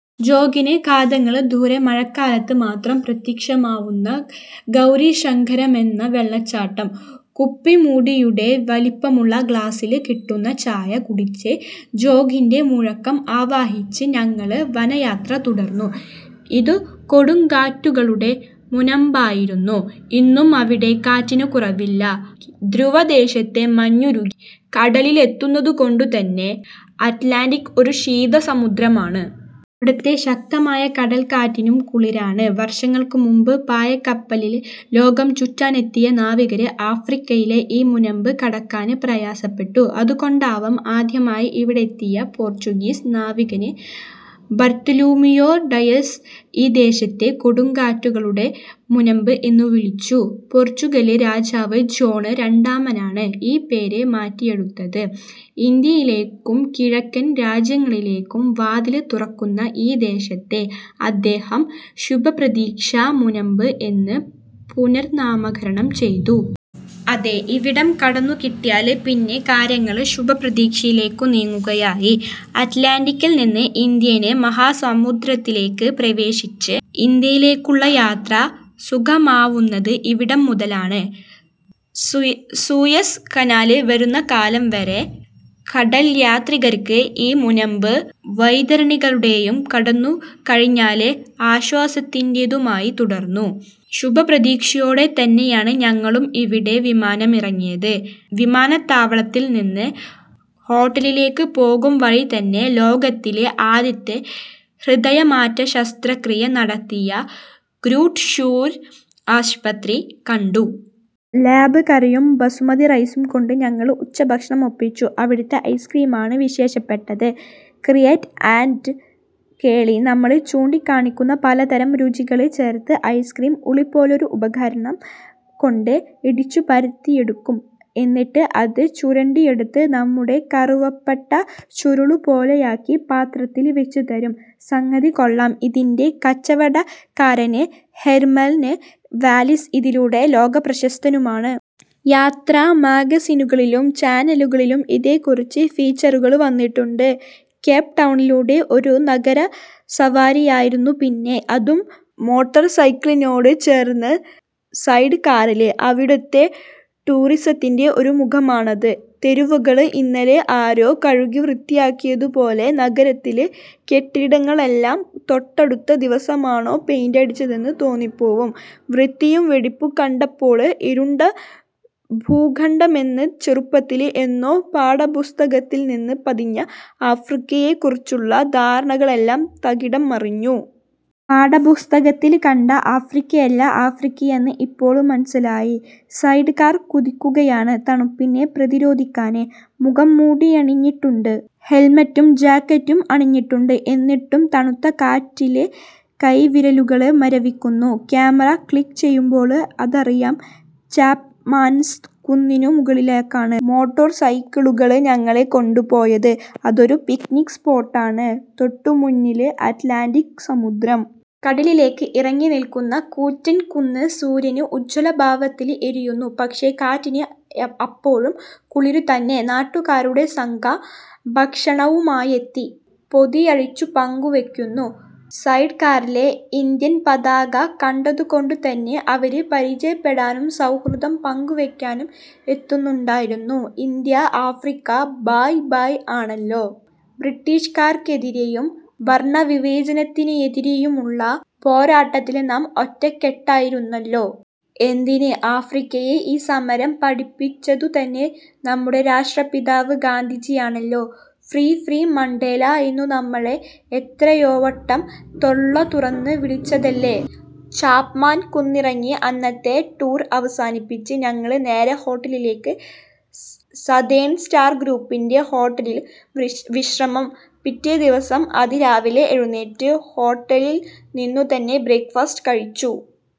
ജോഗിന് കാതങ്ങള് ദൂരെ, മഴക്കാലത്ത് മാത്രം പ്രത്യക്ഷമാവുന്ന ഗൗരീശങ്കരമെന്ന വെളളച്ചാട്ടം. കുപ്പിമൂടിയുടെ വലിപ്പമുളള ഗ്ലാസ്സില് കിട്ടുന്ന ചായ കുടിച്ച് ജോഗിന്റെ മുഴക്കം ആവാഹിച്ച് ഞങ്ങള് വനയാത്ര തുടര്ന്നു. ഇത് കൊടുങ്കാറ്റുകളുടെ മുനമ്പായിരുന്നു. ഇന്നും അവിടെ കാറ്റിന് കുറവില്ല. ധ്രുവദേശത്തെ മഞ്ഞുരുകി കടലിലെത്തുന്നതുകൊണ്ടുതന്നെ അറ്റ്ലാന്റിക് ഒരു ശീത സമുദ്രമാണ്. ഇവിടുത്തെ ശക്തമായ കടല്ക്കാറ്റിനും കുളിരാണ്. വര്ഷങ്ങള്ക്കു മുമ്പ് പായ്ക്കപ്പലില് ലോകംചുറ്റാനെത്തിയ നാവികര് ആഫ്രിക്കയിലെ ഈ മുനമ്പ് കടക്കാന് പ്രയാസപ്പെട്ടു. അതുകൊണ്ടാവാം, ആദ്യമായി ഇവിടെയെത്തിയ പോര്ച്ചുഗീസ് നാവികന് ബര്ത്തുലൂമിയോ ഡയസ് ഈ ദേശത്തെ കൊടുങ്കാറ്റുകളുടെ മുനമ്പ് എന്നുവിളിച്ചു. പോര്ച്ചുഗല് രാജാവ് ജോണ് രണ്ടാമനാണ് ഈ പേര് മാറ്റിയെടുത്തത്. ഇന്ത്യയിലേക്കും കിഴക്കന് രാജ്യങ്ങളിലേക്കും വാതില് തുറക്കുന്ന ഈ ദേശത്തെ അദ്ദേഹം ശുഭപ്രതീക്ഷാ മുനമ്പ് എന്ന് പുനര്നാമകരണം ചെയ്തു. അതേ, ഇവിടം കടന്നുകിട്ടിയാല് പിന്നെ കാര്യങ്ങള് ശുഭപ്രതീക്ഷയിലേക്കു നീങ്ങുകയായി. അറ്റ്ലാന്റിക്കില്നിന്ന് ഇന്ത്യന് മഹാസമുദ്രത്തിലേക്ക് പ്രവേശിച്ച് ഇന്ത്യയിലേക്കുള്ള യാത്ര സുഗമമാവുന്നത് ഇവിടംമുതലാണ്. സൂയസ് കനാല് വരുന്നകാലംവരെ കടല്യാത്രികര്ക്ക് ഈ മുനമ്പ് വൈതരണികളുടെയും കടന്നുകഴിഞ്ഞാല് ആശ്വാസത്തിന്റേതുമായി തുടര്ന്നു. ശുഭപ്രതീക്ഷയോടെതന്നെയാണ് ഞങ്ങളും ഇവിടെ വിമാനമിറങ്ങിയത്. വിമാനത്താവളത്തില് നിന്ന് ഹോട്ടലിലേക്ക് പോകുംവഴിതന്നെ ലോകത്തിലെ ആദ്യത്തെ ഹൃദയമാറ്റ ശസ്ത്രക്രിയ നടത്തിയ ഗ്രൂട്ട് ഷൂര് ആസ്പത്രി കണ്ടു. ലാമ്പ് കറിയും ബസുമതിറൈസും കൊണ്ട് ഞങ്ങള് ഉച്ചഭക്ഷണം ഒപ്പിച്ചു. അവിടുത്തെ ഐസ്ക്രീമാണ് വിശേഷപ്പെട്ടത്. ക്രിയേറ്റ് ആന്ഡ് കേളി. നമ്മള് ചൂണ്ടിക്കാണിക്കുന്ന പലതരം രുചികള് ചേര്ത്ത് ഐസ്ക്രീം ഉളിപോലൊരു ഉപകരണം കൊണ്ട് ഇടിച്ചുപരത്തിയെടുക്കും. എന്നിട്ട് അത് ചുരണ്ടിയെടുത്ത് നമ്മുടെ കറുവപ്പട്ടച്ചുരുളുപോലെയാക്കി പാത്രത്തില് വെച്ചുതരും. സംഗതി കൊള്ളാം. ഇതിന്റെ കച്ചവടക്കാരന് ഹെർമന് വാലിസ് ഇതിലൂടെ ലോകപ്രശസ്തനുമാണ്. യാത്ര മാഗസിനുകളിലും ചാനലുകളിലും ഇതേക്കുറിച്ച് ഫീച്ചറുകള് വന്നിട്ടുണ്ട്. കേപ്ടൗണിലൂടെ ഒരു നഗരസവാരിയായിരുന്നു പിന്നെ. അതും മോട്ടോർസൈക്കിളിനോട് ചേർന്ന സൈഡ്കാറില്. അവിടുത്തെ ടൂറിസത്തിന്റെ ഒരു മുഖമാണത്. തെരുവുകള് ഇന്നലെ ആരോ കഴുകിവൃത്തിയാക്കിയതുപോലെ. നഗരത്തില് കെട്ടിടങ്ങള്ക്കെല്ലാം തൊട്ടടുത്ത ദിവസമാണോ പെയിന്റടിച്ചതെന്ന് തോന്നിപ്പോവും. വൃത്തിയും വെടിപ്പും കണ്ടപ്പോള് ഇരുണ്ട ഭൂഖണ്ഡമെന്ന് ചെറുപ്പത്തില് എന്നോ പാഠപുസ്തകത്തില്നിന്ന് പതിഞ്ഞ ആഫ്രിക്കയെക്കുറിച്ചുള്ള ധാരണകളെല്ലാം തകിടംമറിഞ്ഞു. പാഠപുസ്തകത്തില് കണ്ട ആഫ്രിക്കയല്ല ആഫ്രിക്കയെന്ന് ഇപ്പോള് മനസ്സിലായി. സൈഡ്കാർ കുതിക്കുകയാണ്. തണുപ്പിനെ പ്രതിരോധിക്കാന് മുഖംമൂടിയണിഞ്ഞിട്ടുണ്ട്. ഹെല്മെറ്റും ജാക്കറ്റും അണിഞ്ഞിട്ടുണ്ട്. എന്നിട്ടും തണുത്ത കാറ്റില് കൈവിരലുകള് മരവിക്കുന്നു. ക്യാമറ ക്ലിക്ക് ചെയ്യുമ്പോള് അതറിയാം. ചാപ്മാന്സ് കുന്നിനു മുകളിലേക്കാണ് മോട്ടോർസൈക്കിളുകള് ഞങ്ങളെ കൊണ്ടുപോയത്. അതൊരു പിക്നിക് സ്പോട്ടാണ്. തൊട്ടുമുന്നില് അറ്റ്ലാന്റിക് സമുദ്രം. കടലിലേക്ക് ഇറങ്ങിനില്ക്കുന്ന കൂറ്റന് കുന്ന്. സൂര്യന് ഉജ്ജ്വലഭാവത്തില് എരിയുന്നു. പക്ഷേ, കാറ്റിന് അപ്പോഴും കുളിരുതന്നെ. നാട്ടുകാരുടെ സംഘം ഭക്ഷണവുമായെത്തി പൊതിയഴിച്ചു പങ്കുവെക്കുന്നു. സൈഡ് കാറിലെ ഇന്ത്യന്പതാക കണ്ടതുകൊണ്ടുതന്നെ അവര് പരിചയപ്പെടാനും സൗഹൃദം പങ്കുവെക്കാനും എത്തുന്നുണ്ടായിരുന്നു. ഇന്ത്യാ ആഫ്രിക്കാ ഭായ് ഭായ് ആണല്ലോ. ബ്രിട്ടീഷുകാര്ക്കെതിരെയും വർണവിവേചനത്തിനെതിരെയുമുള്ള പോരാട്ടത്തില് നാം ഒറ്റക്കെട്ടായിരുന്നല്ലോ. എന്തിന് ആഫ്രിക്കയെ ഈ സമരം പഠിപ്പിച്ചതുതന്നെ നമ്മുടെ രാഷ്ട്രപിതാവ് ഗാന്ധിജിയാണല്ലോ. ഫ്രീ ഫ്രീ മണ്ടേല എന്നു നമ്മള് എത്രയോവട്ടം തൊള്ളതുറന്ന് വിളിച്ചതല്ലേ. ചാപ്മാന് കുന്നിറങ്ങി അന്നത്തെ ടൂർ അവസാനിപ്പിച്ച് ഞങ്ങള് നേരെ ഹോട്ടലിലേക്ക്. സതേണ് സ്റ്റാർ ഗ്രൂപ്പിന്റെ ഹോട്ടലില് വിശ്രമം. പിറ്റേദിവസം അതിരാവിലെ എഴുന്നേറ്റ് ഹോട്ടലില്നിന്നുതന്നെ ബ്രേക്ക് ഫാസ്റ്റ് കഴിച്ചു.